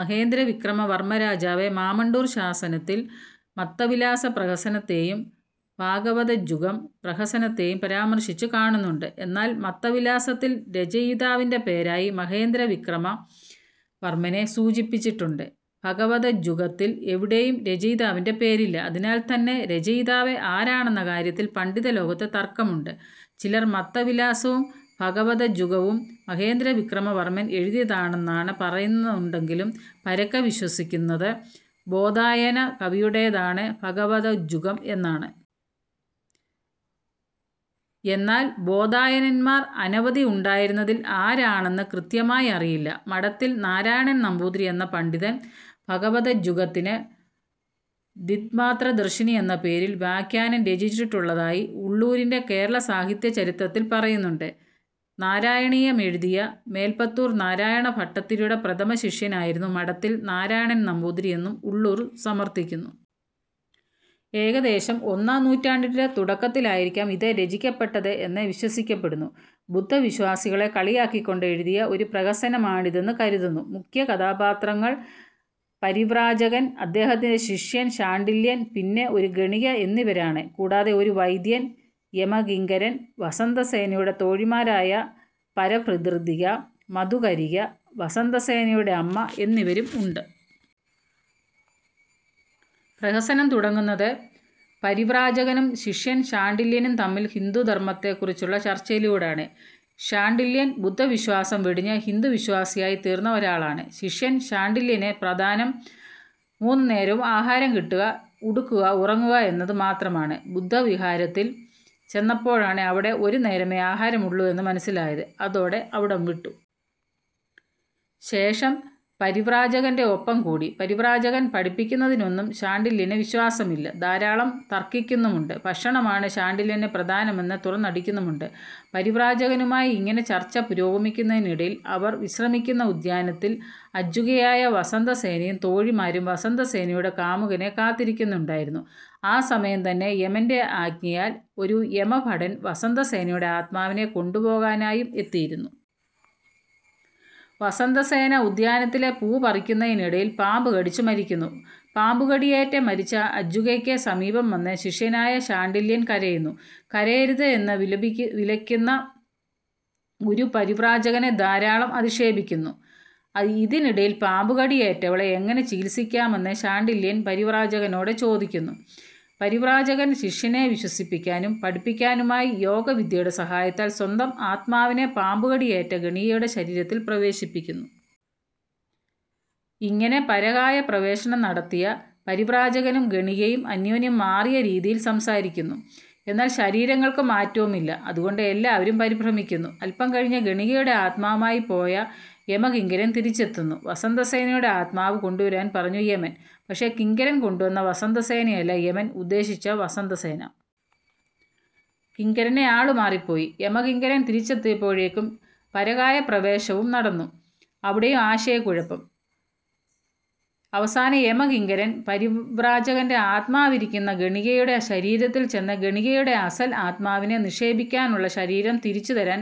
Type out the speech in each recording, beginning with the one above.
മഹേന്ദ്രവിക്രമ വർമ്മ രാജാവ് മാമണ്ടൂർ ശാസനത്തിൽ മത്തവിലാസ പ്രഹസനത്തേയും ഭഗവദജ്ജുകം പ്രഹസനത്തേയും പരാമർശിച്ചു കാണുന്നുണ്ട്. എന്നാൽ മത്തവിലാസത്തിൽ രചയിതാവിൻ്റെ പേരായി മഹേന്ദ്രവിക്രമ വർമ്മനെ സൂചിപ്പിച്ചിട്ടുണ്ട്. ഭഗവദജ്ജുകത്തിൽ എവിടെയും രചയിതാവിൻ്റെ പേരില്ല. അതിനാൽ തന്നെ രചയിതാവ് ആരാണെന്ന കാര്യത്തിൽ പണ്ഡിതലോകത്ത് തർക്കമുണ്ട്. ചിലർ മത്തവിലാസവും ഭഗവദജ്ജുകവും മഹേന്ദ്രവിക്രമ വർമ്മൻ എഴുതിയതാണെന്ന് പറയുന്നുണ്ടെങ്കിലും പരക്കെ വിശ്വസിക്കുന്നത് ബോധായന കവിയുടേതാണ് ഭഗവദജ്ജുകം എന്നാണ്. എന്നാൽ ബോധായനന്മാർ അനവധി ഉണ്ടായിരുന്നതിൽ ആരാണെന്ന് കൃത്യമായി അറിയില്ല. മഠത്തിൽ നാരായണൻ നമ്പൂതിരി എന്ന പണ്ഡിതൻ ഭഗവദജ്ജുകത്തിന് ദിങ്മാത്രദർശിനി എന്ന പേരിൽ വ്യാഖ്യാനം രചിച്ചിട്ടുള്ളതായി ഉള്ളൂരിൻ്റെ കേരള സാഹിത്യ ചരിത്രത്തിൽ പറയുന്നുണ്ട്. നാരായണീയമെഴുതിയ മേൽപ്പത്തൂർ നാരായണ ഭട്ടതിരിയുടെ പ്രഥമ ശിഷ്യനായിരുന്നു മഠത്തിൽ നാരായണൻ നമ്പൂതിരി എന്നും ഉള്ളൂർ സമർത്ഥിക്കുന്നു. ഏകദേശം ഒന്നാം നൂറ്റാണ്ടിൻ്റെ തുടക്കത്തിൽ ആയിരിക്കാം ഇത് രചിക്കപ്പെട്ടത് എന്ന് വിശ്വസിക്കപ്പെടുന്നു. ബുദ്ധ വിശ്വാസികളെ കളിയാക്കിക്കൊണ്ട് എഴുതിയ ഒരു പ്രഹസനമാണിതെന്ന് കരുതുന്നു. മുഖ്യ കഥാപാത്രങ്ങൾ പരിവ്രാജകൻ, അദ്ദേഹത്തിൻ്റെ ശിഷ്യൻ ശാണ്ഡില്യൻ, പിന്നെ ഒരു ഗണിക എന്നിവരാണ്. കൂടാതെ ഒരു വൈദ്യൻ, യമകിങ്കരൻ, വസന്തസേനയുടെ തോഴിമാരായ പരഭൃതിക, മധുകരിക, വസന്തസേനയുടെ അമ്മ എന്നിവരും ഉണ്ട്. പ്രഹസനം തുടങ്ങുന്നത് പരിവ്രാജകനും ശിഷ്യൻ ശാണ്ഡില്യനും തമ്മിൽ ഹിന്ദുധർമ്മത്തെ കുറിച്ചുള്ള ചർച്ചയിലൂടെയാണ്. ശാണ്ഡില്യൻ ബുദ്ധവിശ്വാസം വെടിഞ്ഞ് ഹിന്ദുവിശ്വാസിയായി തീർന്ന ഒരാളാണ്. ശിഷ്യൻ ശാണ്ഡില്യന് പ്രധാനം മൂന്നുനേരവും ആഹാരം കിട്ടുക, ഉടുക്കുക, ഉറങ്ങുക എന്നത് മാത്രമാണ്. ബുദ്ധവിഹാരത്തിൽ ചെന്നപ്പോഴാണ് അവിടെ ഒരുനേരമേ ആഹാരമുള്ളൂ എന്ന് മനസ്സിലായത്. അതോടെ അവിടം വിട്ടു. ശേഷം പരിവ്രാജകൻ്റെ ഒപ്പം കൂടി. പരിവ്രാജകൻ പഠിപ്പിക്കുന്നതൊന്നും ശാണ്ഡില്യന് വിശ്വാസമില്ല. ധാരാളം തർക്കിക്കുന്നുമുണ്ട്. ഭക്ഷണമാണ് ശാണ്ഡില്യന് പ്രധാനം എന്ന് തുറന്നടിക്കുന്നുമുണ്ട്. പരിവ്രാജകനുമായി ഇങ്ങനെ ചർച്ച പുരോഗമിക്കുന്നതിനിടയിൽ അവർ വിശ്രമിക്കുന്ന ഉദ്യാനത്തിൽ അജ്ജുകയായ വസന്തസേനയും തോഴിമാരും വസന്തസേനയുടെ കാമുകനെ കാത്തിരിക്കുന്നുണ്ടായിരുന്നു. ആ സമയം തന്നെ യമൻ്റെ ആജ്ഞയാൽ ഒരു യമഭടൻ വസന്തസേനയുടെ ആത്മാവിനെ കൊണ്ടുപോകാനായും എത്തിയിരുന്നു. വസന്തസേന ഉദ്യാനത്തിലെ പൂ പറിക്കുന്നതിനിടയിൽ പാമ്പുകടിച്ച് മരിക്കുന്നു. പാമ്പുകടിയേറ്റ് മരിച്ച അജ്ജുകയ്ക്ക് സമീപം വന്ന് ശിഷ്യനായ ശാണ്ഡില്യൻ കരയുന്നു. കരയരുത് എന്ന് വിലക്കുന്ന ഗുരു പരിവ്രാജകനെ ധാരാളം അധിക്ഷേപിക്കുന്നു. ഇതിനിടയിൽ പാമ്പുകടിയേറ്റവളെ എങ്ങനെ ചികിത്സിക്കാമെന്ന് ശാണ്ഡില്യൻ പരിവ്രാജകനോട് ചോദിക്കുന്നു. പരിവ്രാജകൻ ശിഷ്യനെ വിശ്വസിപ്പിക്കാനും പഠിപ്പിക്കാനുമായി യോഗവിദ്യയുടെ സഹായത്താൽ സ്വന്തം ആത്മാവിനെ പാമ്പുകടിയേറ്റ ഗണികയുടെ ശരീരത്തിൽ പ്രവേശിപ്പിക്കുന്നു. ഇങ്ങനെ പരകായപ്രവേശം നടത്തിയ പരിവ്രാജകനും ഗണികയും അന്യോന്യം മാറിയ രീതിയിൽ സംസാരിക്കുന്നു. എന്നാൽ ശരീരങ്ങൾക്ക് മാറ്റവുമില്ല. അതുകണ്ട് എല്ലാവരും പരിഭ്രമിക്കുന്നു. അല്പം കഴിഞ്ഞ് ഗണികയുടെ ആത്മാവുമായി പോയ യമകിങ്കരൻ തിരിച്ചെത്തുന്നു. വസന്തസേനയുടെ ആത്മാവ് കൊണ്ടുവരാൻ പറഞ്ഞു യമൻ, പക്ഷേ കിങ്കരൻ കൊണ്ടുവന്ന വസന്തസേനയല്ല യമൻ ഉദ്ദേശിച്ച വസന്തസേന. കിങ്കരന് ആളുമാറിപ്പോയി. യമകിങ്കരൻ തിരിച്ചെത്തിയപ്പോഴേക്കും പരകായപ്രവേശവും നടന്നു. അവിടെയും ആശയക്കുഴപ്പം. അവസാനം യമകിങ്കരൻ പരിവ്രാജകൻ്റെ ആത്മാവിരിക്കുന്ന ഗണികയുടെ ശരീരത്തിൽ ചെന്ന് ഗണികയുടെ അസ്സൽ ആത്മാവിനെ നിക്ഷേപിക്കാനുള്ള ശരീരം തിരിച്ചു തരാൻ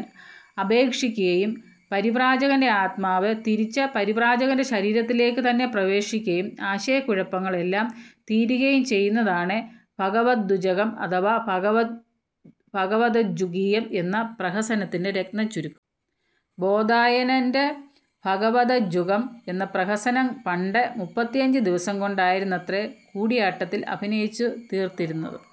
അപേക്ഷിക്കുകയും പരിവ്രാജകൻ്റെ ആത്മാവ് തിരിച്ച് പരിവ്രാജകൻ്റെ ശരീരത്തിലേക്ക് തന്നെ പ്രവേശിക്കുകയും ആശയക്കുഴപ്പങ്ങൾ എല്ലാം തീരുകയും ചെയ്യുന്നതാണ് ഭഗവദജ്ജുകം അഥവാ ഭഗവദജ്ജുകീയം എന്ന പ്രഹസനത്തിൻ്റെ രത്നച്ചുരുക്കം. ബോധായനൻ്റെ ഭഗവദജ്ജുകം എന്ന പ്രഹസനം പണ്ട് മുപ്പത്തിയഞ്ച് ദിവസം കൊണ്ടായിരുന്നുവത്രെ കൂടിയാട്ടത്തിൽ അഭിനയിച്ചു തീർത്തിരുന്നത്.